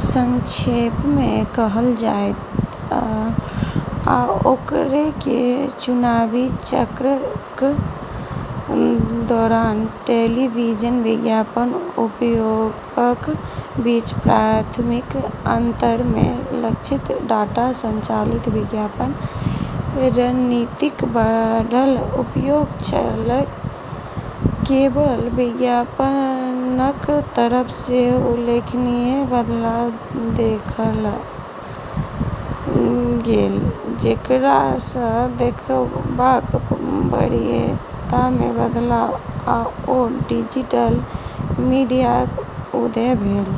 संक्षेपमे कहल जाय तऽ आओरके चुनावी चक्रक दौरान टेलीविजन विज्ञापनक उपयोगक बीच प्राथमिक अंतरमे लक्षित, डाटा संचालित विज्ञापन रणनीतिक बढ़ल उपयोग छलैक। केबल विज्ञापनक तरफ सेहो उल्लेखनीय बदलाव देखल गेलै, जेकरासँ देखबाक वरीयतामे बदलाव आओर डिजिटल मीडियाक उदय भेल।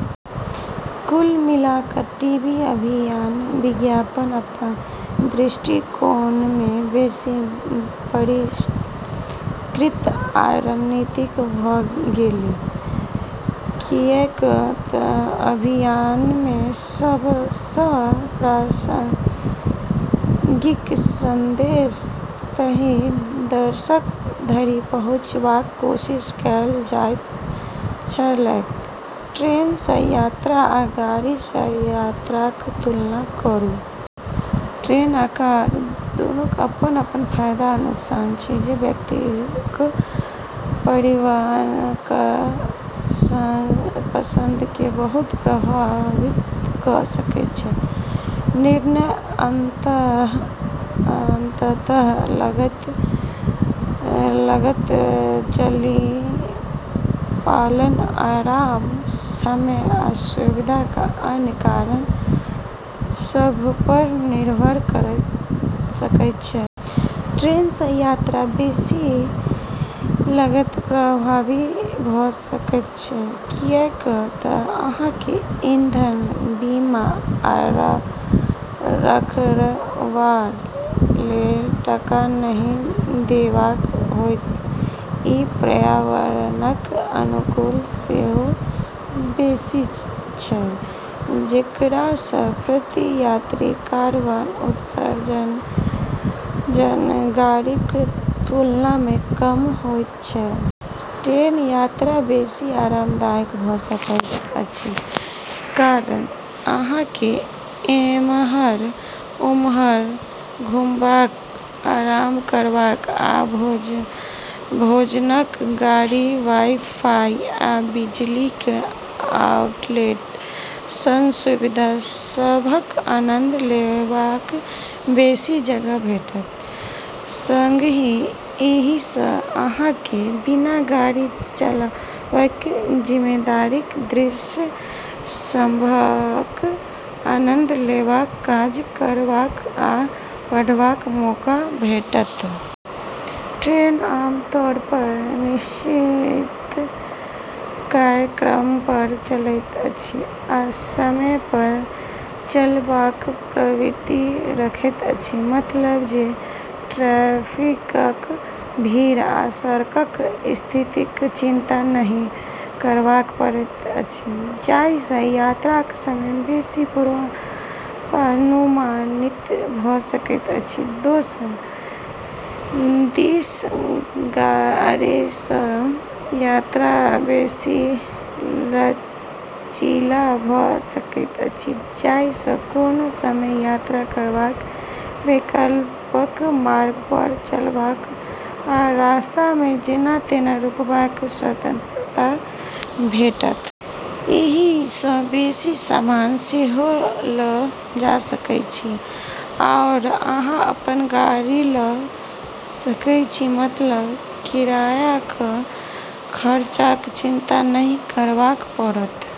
कुल मिला कऽ टीवी अभियानक विज्ञापन अपन दृष्टिकोणमे बेसी परिष्कृत आ रणनीतिक भऽ गेलै, किऐक तऽ अभियानमे सबसँ प्रासंगिक संदेश सही दर्शक धरि पहुँचबाक कोशिश कएल जाइत छलैक। ट्रेनसँ यात्रा आ गाड़ीसँ यात्राक तुलना करू। ट्रेन आ कार यात्रा दूनूक अपन-अपन फायदा आ नुकसान छै जे व्यक्तिक परिवहनक पसंदकेँ बहुत प्रभावित कऽ सकैत छै। निर्णय अंततः लागत, लचीलापन, आराम, समय आ सुविधा, आ अन्य कारक सभपर निर्भर कऽ सकैत छै। ट्रेनसँ यात्रा बेसी लागत प्रभावी भऽ सकैत छै, किऐक तऽ अहाँकेँ ईंधन, बीमा, आ रखरखाव लेल टका नहि देबाक होयत। ई पर्यावरणक अनुकूल सेहो बेसी छै, जेकरासँ प्रति यात्री कार्बन उत्सर्जन गाड़ीक तुलनामे कम होइत छै। ट्रेन यात्रा बेसी आरामदायक भऽ सकैत अछि, कारण, अहाँकेँ एम्हर-ओम्हर घुमबाक, आराम करबाक, आ भोजनक गाड़ी, वाई-फाई, आ बिजलीक आउटलेट सन सुविधा सभक आनंद लेबाक बेसी जगह भेटत। संगहि एहिसँ अहाँकेँ बिना गाड़ी चलाबाक जिम्मेदारीक दृश्य सभक आनंद लेबाक, काज करबाक वा पढ़बाक मौका भेटत। ट्रेन आमतौरपर निश्चित कार्यक्रमपर चलैत अछि आ समयपर चलबाक प्रवृत्ति रखैत अछि, मतलब जे ट्रैफिकक भीड़ वा सड़कक स्थितिक चिंता नहि करबाक पड़ैत अछि, जाहिसँ यात्राक समय बेसी पूर्वानुमानित भऽ सकैत अछि। दोसर दिस, गाड़ीसँ यात्रा बेसी लचीला भऽ सकैत अछि, जाहिसँ कोनो समय यात्रा करबाक, वैकल्पिक मार्गपर चलबाक, आ रास्तामे जेना-तेना रुकबाक स्वतंत्रता भेटत। एहिसँ बेसी सामान सेहो लऽ जा सकै छी, आओर अहाँ अपन गाड़ी लऽ सकै छी, मतलब किरायाक खर्चाक चिंता नहि करबाक पड़त।